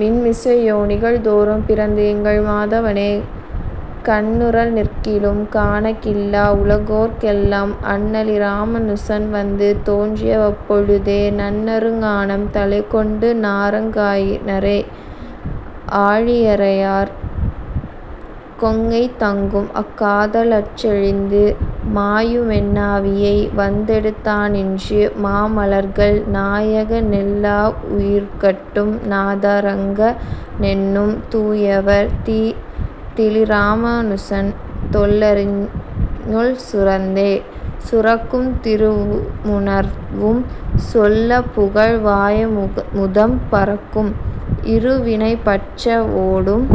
மண்மிசையோனிகள் தோறும் பிறந்து எங்கள் மாதவனே கண்ணுறநிற்கிலும் காணகில்லா உலகோர்களெல்லாம் அண்ணலிராமாநுசன் வந்து தோன்றியவப்பொழுதே நண்ணருஞானம் தலைக்கொண்டு நாரணற்காயினரே.. ஆயிழையார் கொங்கைதங்கும் அக்காதலளற்றழுந்தி மாயுமென்னாவியை வந்தெடுத்தானின்று மாமலராள் நாயகனெல்லாவுயிர்கட்கும் நாத னரங்கனென்னும் தூயவன் தீதிலிராமாநுசன் தொல்லருள்சுரந்தே.. சுரக்கும் திருவுமுணர்வும் சொலப்புகில் வாயமுதம் பரக்கும் இருவினைபற்றறவோடும்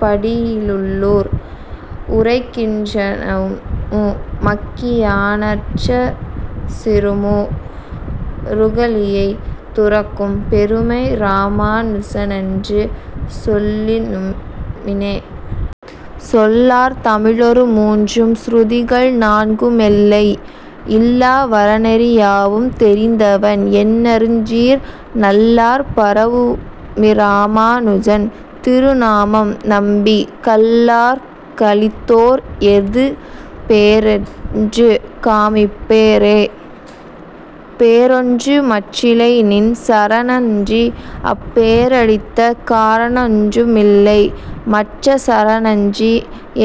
படியிலுள்ளீர் உரைக்கின்றனனுமக்கியானறஞ்சீறுமுறுகலியைத் துரக்கும் பெருமை இராமா னுசனென்று சொல்லுமினே.. சொல்லார் தமிழொருமூன்றும் சுருதிகள் நான்குமெல்லை யில்லாவறநெறி யாவும் தெரிந்தவன் எண்ணருஞ்சீர் நல்லார் பரவுமிராமா னுசன் திருநாமம் நம்பிக் கல்லார்கலிடத்தோர் எதுபேறென்று காமிப்பரே.. பேறொன்று மற்றில்லைநின் சரணன்றி அப்பேறளித்தற் காறொன்றுமில்லை மற்றச் சரணன்றி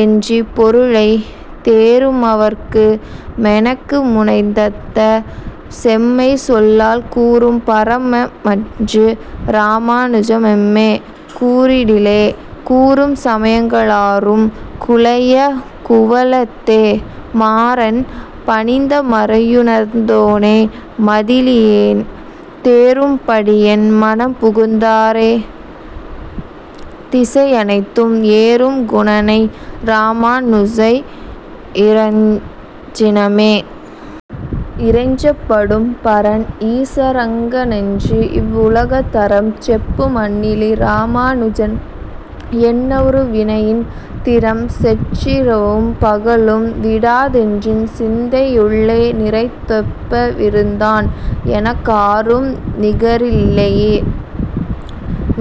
என்றிப் பொருளைத் தேறுமவர்க்குமெனக்குமுனைத்தந்த செம்மை சொல்லால் கூறும்பரமன்று இராமாநுசமெய்ம்மை கூறிடிலே.. கூறும் சமயங்களாறும் குலைய குவலயத்தே மாறன்பணித்தமறையுணர்ந்தோனை மதியிலியேன் தேறும்படியென்மனம்புகுந்தானைத் திசையனைத்தும் ஏறும் குணனை இராமாநுசனையிறைஞ்சினமே.. இறைஞ்சப்படும் பரன் ஈசனரங்கனென்று இவ்வுலகத் தறம் செப்புமண்ணலி ராமாநுசன் என்னருவினையின் திறம் செற்றிரவும் பகலும் விடாதென்றன் சிந்தையுள்ளே நிறைந்தொப்பறவிருந்தான் எனக்காரும் நிகரில்லையே..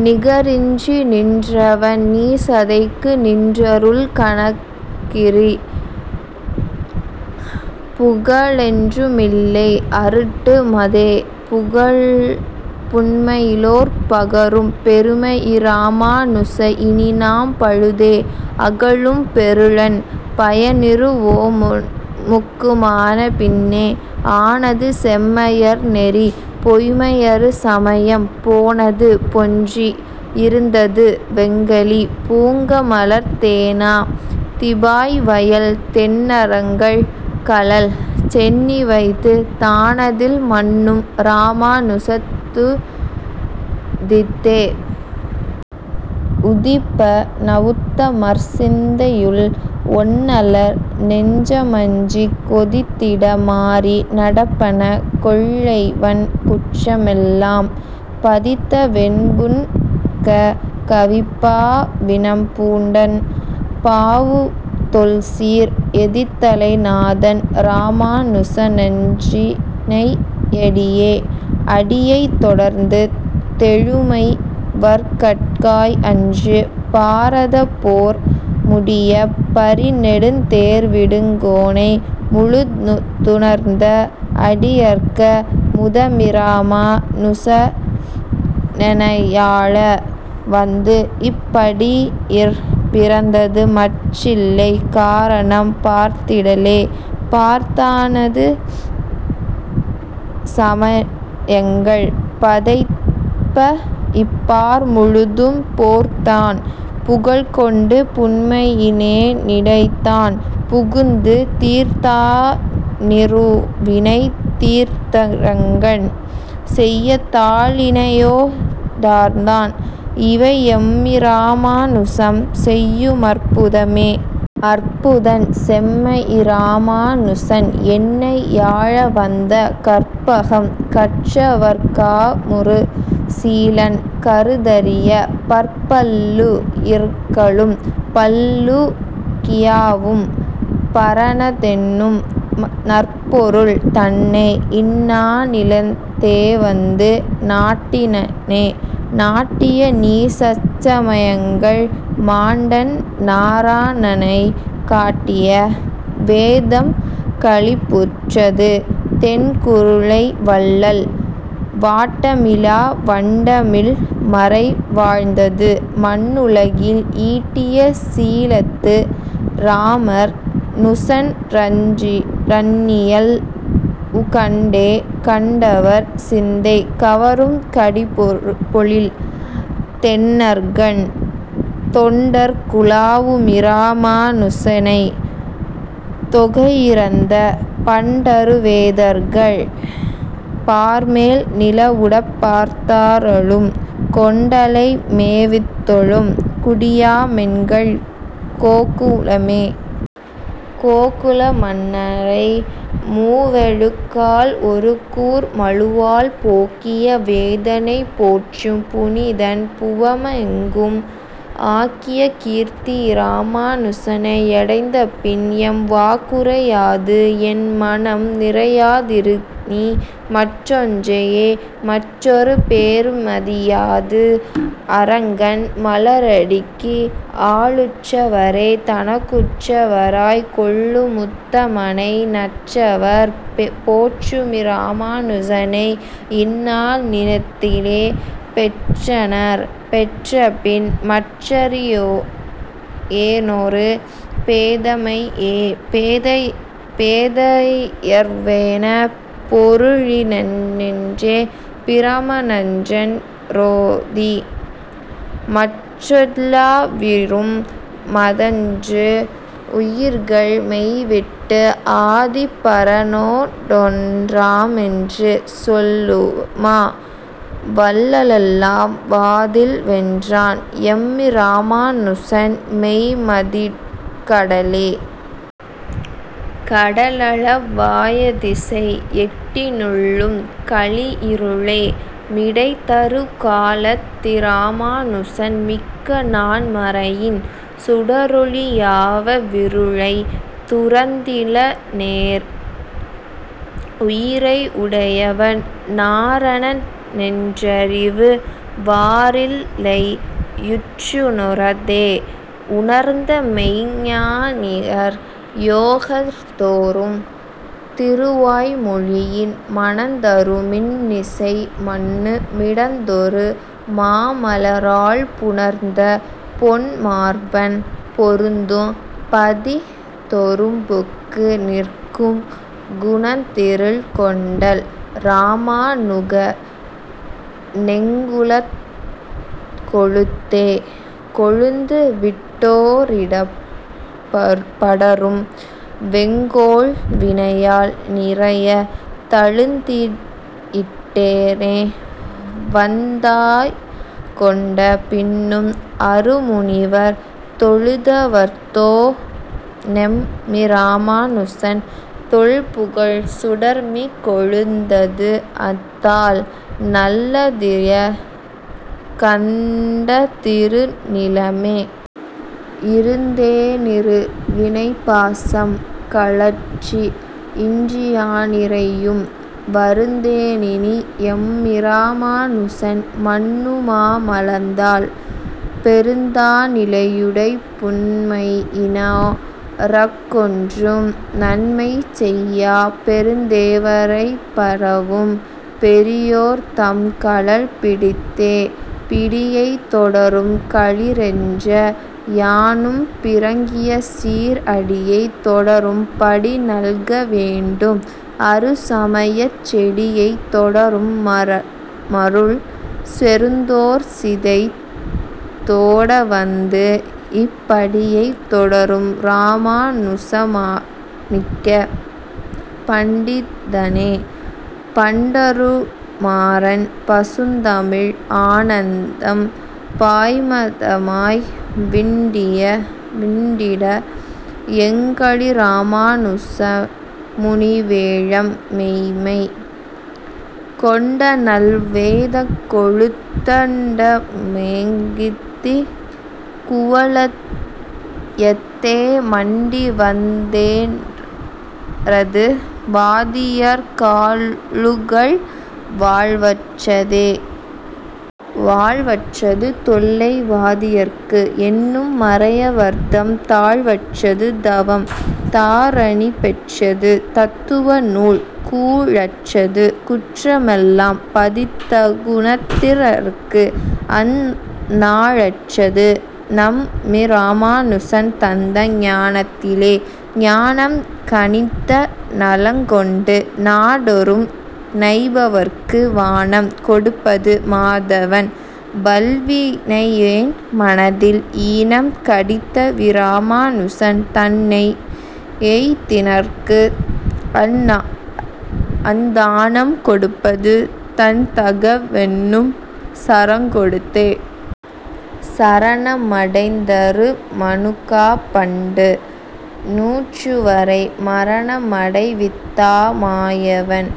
நிகரின்றிநின்றவென் நீசதைக்கு நின்னருளின்கணன்றிப் புகலொன்றுமில்லை அருட்கு மஃதே புகல் புன்மையிலோர் பகரும் பெருமையிராமாநுச இனிநாம் பழுதே அகலும் பொருளென் பயனிருவோமுக்குமான பின்னே.. ஆனது செம்மையற்நெறி பொய்ம்மையறு சமயம் போனது பொன்றி யிறந்தது வெங்கலி பூங்கமலத் தேன திபாய்வயல்தென்னரங்கன் கழல் சென்னி வைத்துத் தானதில் மன்னும் இராமாநுசனித்தலத்துதித்தே.. உதிப்பனவுத்தமர்சிந்தையுள் ஒன்னலர்நெஞ்சமஞ்சிக் கொதித்திட மாறி நடப்பன கொள்ளைவன் குற்றமெல்லாம் பதித்தவென்புன்கவிப்பாவினம்பூண்டன் பாவுதொல்சீர் எதித்தலைநாதன் இராமாநுசன்றன்னிணையடியே.. அடியைத் தொடர்ந்தெழுமைவர்கட்காய் அன்று பாரதப்போர் முடியப் பரிநெடுந்தேர்விடுங்கோனை முழுதுணர்ந்த அடியர்க்க முதமிராமா னுசனென்னையாள வந்து இப் படியிற் பிறந்தது மற்றில்லை காரணம் பார்த்திடிலே.. பார்த்தானறு சமயங்கள் பதைப்ப இப்பார்முழுதும் போர்த்தான் புகழ் கொண்டு புன்மையினேனிடைத்தான் புகுந்து தீர்த்தானிருவினை தீர்த்தரங்கன் செய்ய தாளிணையோ டார்த்தான் இவையெம்மிராமாநுசன் செய்யுமற்புதமே.. அற்புதன் செம்மையிராமாநுசன் என்னையாளவந்த கற்பகம் கற்றவர்காமுறுசீலன் கருதரிய பற்பல்லுயிர்களும் பல்லுலகியாவும்பரனதென்னும் நற்பொருள் தன்னை இந்நானிலத்தேவந்து நாட்டினனே.. நாட்டிய நீசச்சமயங்கள் மாண்டன் நாரணனைக் காட்டிய வேதம்களிப்புற்றது தென்குருகை வள்ளல் வாட்டமிலாவண்டமிழ்மறைவாழ்ந்தது மண்ணுலகில் ஈட்டியசீலத்து இராமர் நுசன்றன்னியல்வுகண்டே.. கண்டவர் சிந்தை கவரும் கடிபொழில் தென்னரங்கன் தொண்டர்குலாவுமிராமா னுசனை தொகையிறந்த பண்டரு வேதங்கள் பார்மேல் நிலவிடப்பார்த்தருளும் கொண்டலைமேவித்தொழும் குடியாமெங்கள் கோக்குலமே.. கோக்குலமன்னரை மூவெழுகால் ஒருகூர்மழுவால் போக்கிய தேவனைப் போற்றும் புனிதன் புவனமெங்கும் ஆக்கியகீர்த்தியிராமா னுசனையடைந்தபின் என் வாக்குரையாது என் மனம் நினையாதினிமற்றொன்றையே.. மற்றொரு பேறுமதியாது அரங்கன் மலரடிக்கு ஆ ளுற்றவரே தனக்குற்றவராய்க் கொள்ளுமுத்தமனை நற்றவர் போற்றுமிராமானுசனை யிந்நானிலத்தே பெற்றனன் பெற்றபின் மற்றறியேனொரு பேதைமையே. பேதையர்வேதப்பொருளிதென்றுன்னி பிரமநன்றென் றோதி மற்றெல்லாவுயிருமஃதென்று உயிர்கள் மெய்விட்டு ஆதிப்பரனோடொன்றாமென்று சொல்லுமவ்வல்லலெல்லாம் வாதில் வென்றான் எம்மிராமாநுசன்மெய்ம்மதிக்கடலே.. கடலளவாயதிசையெட்டினுள்ளும் கலியிருளே மிடைதருகாலத்திராமாநுசன் மிக்க நான்மறையின் சுடரொளியாலவ்விருளைத் துரந்திலனேல் உயிரை உடையவன் நாரணனென்றறிவாரில்லையுற்றுணர்ந்தே.. உணர்ந்தமெய்ஞ்ஞானியர் யோகந்தொறும் திருவாய்மொழியின் மணந்தருமின்னிசைமன்னுமிடந்தொறும் மாமலராள் புணர்ந்தபொன்மார்பன் பொருந்தும் பதிதொறும்புக்கு நிற்கும் குணந்திகழ் கொண்டல் இராமாநுகனெங்குலக்கொழுந்தே.. கொழுந்துவிட்டோடிப்படரும் வெங்கோள்வினையால் நிரயத் தழுந்தியிட்டேனை வந்தாட்கொண்ட பின்னும் அருமுனிவர் தொழுந்தவத்தோனெம்மிராமாநுசன் தொல்புகழ்சுடர்மிக் கெழுந்தது அத்தால் நல்லதிசயங்கண்டதிருநிலமே.. இருந்தேனிருவினைப்பாசம் கழற்றி இன்றியானிறையும் வருந்தேனினியெம்மிராமா னுசன் மன்னுமாமலர்த்தாள் பொருந்தாநிலையுடைப்புன்மையினோர்க்கொன்றும் நன்மை செய்யாப் பெருந்தேவரைப்பரவும் பெரியோர்தம்கழல் பிடித்தே.. பிடியைத் தொடரும்களிறென்ன யானுன்பிறங்கியசீர் அடியைத் தொடரும்படி நல்க வேண்டும் அறுசமயச் செடியைத் தொடரும்மருள் செறிந்தோர் சிதைந் தோடவந்து இப் படியைத் தொடரும் இராமாநுசாமிக்க பண்டிதனே.. பண்டருமாறன் பசுந்தமிழ் ஆனந்தம் பாய்மதமாய் விண்டிட எங்களி ராமாநுசமுனிவேழம் மெய்ம்மை கொண்டநல்வேதக்கொழுந்தண்டமேந்திக் குவலயத்தே மண்டிவந்தேன்றது வாதியர்காளுங்கள் வாழ்வற்றதே.. வாழ்வற்றது தொல்லைவாதியர்க்கு என்றும் மறையவர்தம் தாழ்வற்றது தவம் தாரணிபெற்றது தத்துவ நூல் கூழற்றது குற்றமெல்லாம் பதித்தகுணத்தினர்க்கு அந் நாழற்றது நம்மிராமாநுசன் தந்த ஞானத்திலே.. ஞானம் கனிந்த நலங்கொண்டு நாடொறும் நைபவர்க்கு வானம் கொடுப்பது மாதவன் வல்வினையேன் மனத்தில் ஈனம் கடிந்தவிராமாநுசன் தன்னையெய்தினர்க்கு அத் தானம் கொடுப்பது தன் தகவென்னும் சரண்கொடுத்தே.. சரணமடைந்ததருமனுக்கா பண்டு நூற்றுவரை மரணமடைவித்தமாயவன்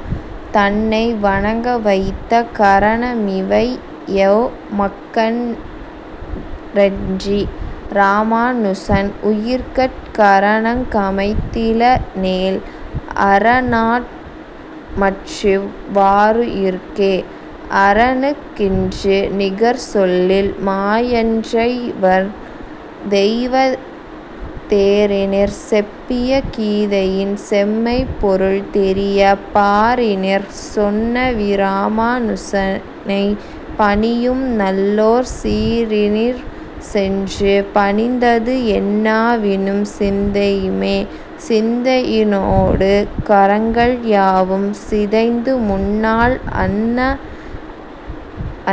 தன்னை வணங்கவைத்த கரணமிவையுமக்கன்றென்றி ராமாநுசன் உயிர்கட் கரணங்கமைத்திலனேல் அரணார்மற்றிவ் வாருயிர்க்கே.. ஆரெனக்கின்றுநிகர்சொல்லில் மாயன்ன்றைவர் தெய்வத் தேரினிற் செப்பிய கீதையின் செம்மை பொருள் தெரியப் பாரினிற் சொன்னவிராமா னுசனைப் பணியும் நல்லோர் சீரினிற் சென்று பணிந்தது என்னாவியும் சிந்தையுமே.. சிந்தையினோடுகரணங்கள் யாவும் சிதைந்து முன்னாள்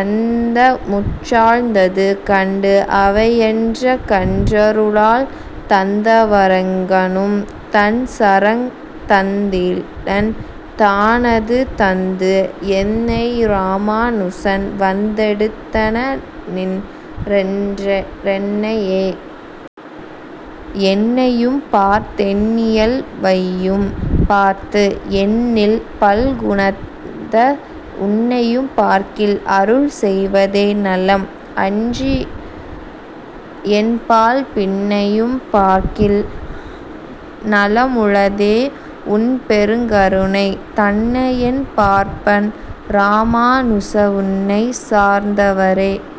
அந்தமுற்றாழ்ந்தது கண்டு அவையென்றனக்கன்றருளால் தந்தவரங்கனும் தன்சரண்தந்திலன் தான து தந்து எந்தையிராமாநுசன் வந்தெடுத்தன னின்றென்னையே.. என்னையும் பார்த்தென்னியல்வையும் பார்த்து எண்ணில் பல்குணத்த உன்னையும் பார்க்கில் அருள் செய்வதே நலம் அன்றியென்பால் பின்னையும் பார்க்கில் நலமுளதே உன்பெருங்கருணை தன்னையென்பார்ப்பர் இராமாநுசாவுன்னைச் சார்ந்தவரே.